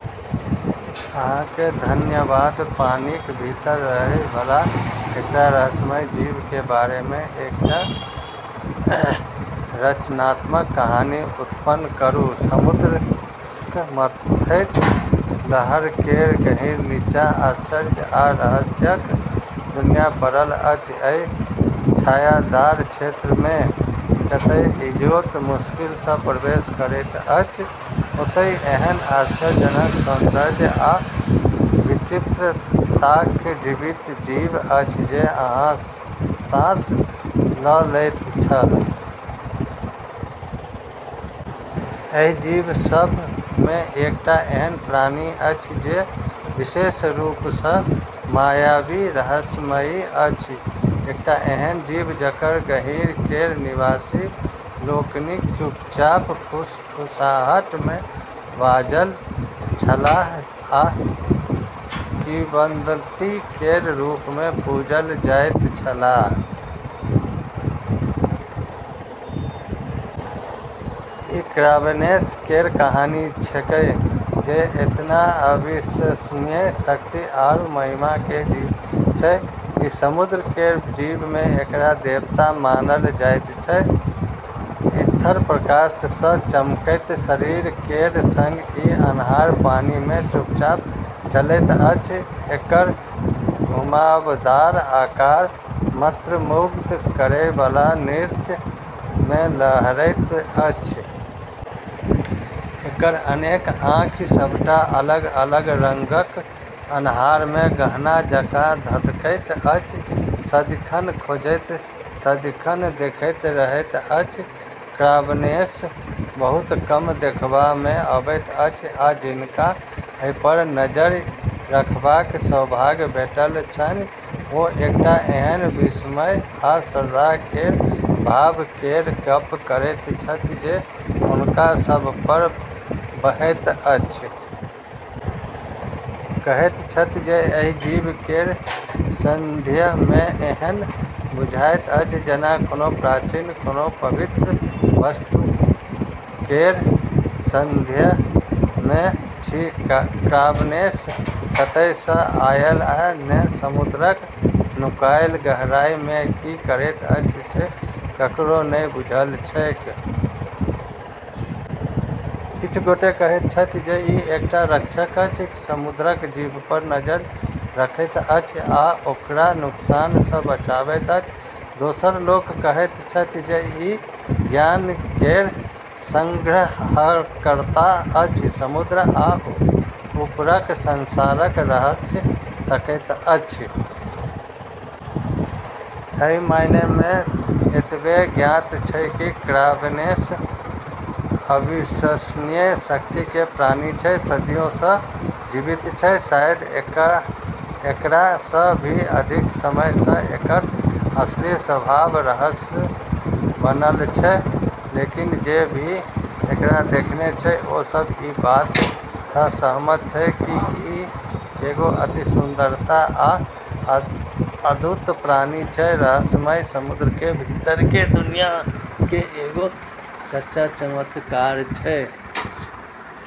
अहाँ केँ धन्यवाद। पानिक भीतर रहय वाला एकटा रहस्यमयी जीव के बारे मे एकटा रचनात्मक कहानी उत्पन्न करू। समुद्रक मथैत लहर केर गहींर नीचाँ आश्चर्य आ रहस्यक दुनिया पड़ल अछि। एहि छायादार क्षेत्र मे जतय इजोत मुश्किल सँ प्रवेश करैत अछि, ओतय एहन आश्चर्यजनक सौन्दर्य आ विचित्रताक जीवित जीव अछि जे अहाँक साँस ल' लैत छल। एहि जीव सभ मे एकटा एहन प्राणी अछि जे विशेष रूप सँ मायावी रहस्यमयी अछि। एकटा एहन जीव जकर गहींर केर निवासी लोकनि चुपचाप फुसफुसाहट मे बाजल छलाह, आ किंवदंती केर रूप मे पूजल जाइत छलाह। ई क्रावेनस केर कहानी छेकै, जे एतना अविश्वसनीय शक्ति आरू महिमा के जीव छै कि समुद्र केर जीव मे एकरा देवता मानल जाइत छै। ईथर प्रकाश सँ चमकैत शरीर केर संग ई अन्हार पानि मे चुपचाप चलैत अछि, एकर घुमावदार आकार मंत्रमुग्ध करै बला नृत्य मे लहरैत अछि। एकर अनेक आँखि, सबटा अलग-अलग रंगक, अन्हार मे गहना जकाँ धधकैत अछि, सदिखन खोजैत, सदिखन देखैत रहैत अछि। क्रावेनस बहुत कम देखबा मे अबैत अछि, आ जिनका एहि पर नजरि रखबाक सौभाग्य भेटल छनि, ओ एकटा एहन विस्मय आ श्रद्धा केर भाव केर गप्प करैत छथि जे हुनका सभ पर बहैत अछि। कहैत छथि जे एहि जीव केर सान्निध्य मे एहन बुझाइत अछि जेना कोनो प्राचीन, कोनो पवित्र वस्तु केर सान्निध्य मे छी। क्रावेनस कतय सँ आयल, आ ने समुद्रक नुकायल गहराई मे की करैत अछि से ककरो नहि बुझल छैक। किछु गोटे कहैत छथि जे ई एकटा रक्षक अछि, समुद्रक जीव पर नजरि रखैत अछि आ ओकरा नुकसान सँ बचाबैत अछि। दोसर लोक कहैत छथि जे ई ज्ञान केर संग्रहकर्ता अछि, समुद्र आ ऊपरक संसारक रहस्य तकैत अछि। सही मायने मे एतबे ज्ञात छै कि क्रावेनस अविश्वसनीय शक्ति के प्राणी छै, जे सदियो सँ जीवित छै, शायद एकरा सँ भी अधिक समय सँ। एकर असली स्वभाव रहस्य बनल छै, लेकिन जे भी एकरा देखने छै, ओ सब ई बात सँ सहमत छै कि ई एगो अति सुंदरता आ अद्भुत प्राणी छै, रहस्यमय समुद्र के भीतर के दुनिया के एगो सच्चा चमत्कार छै।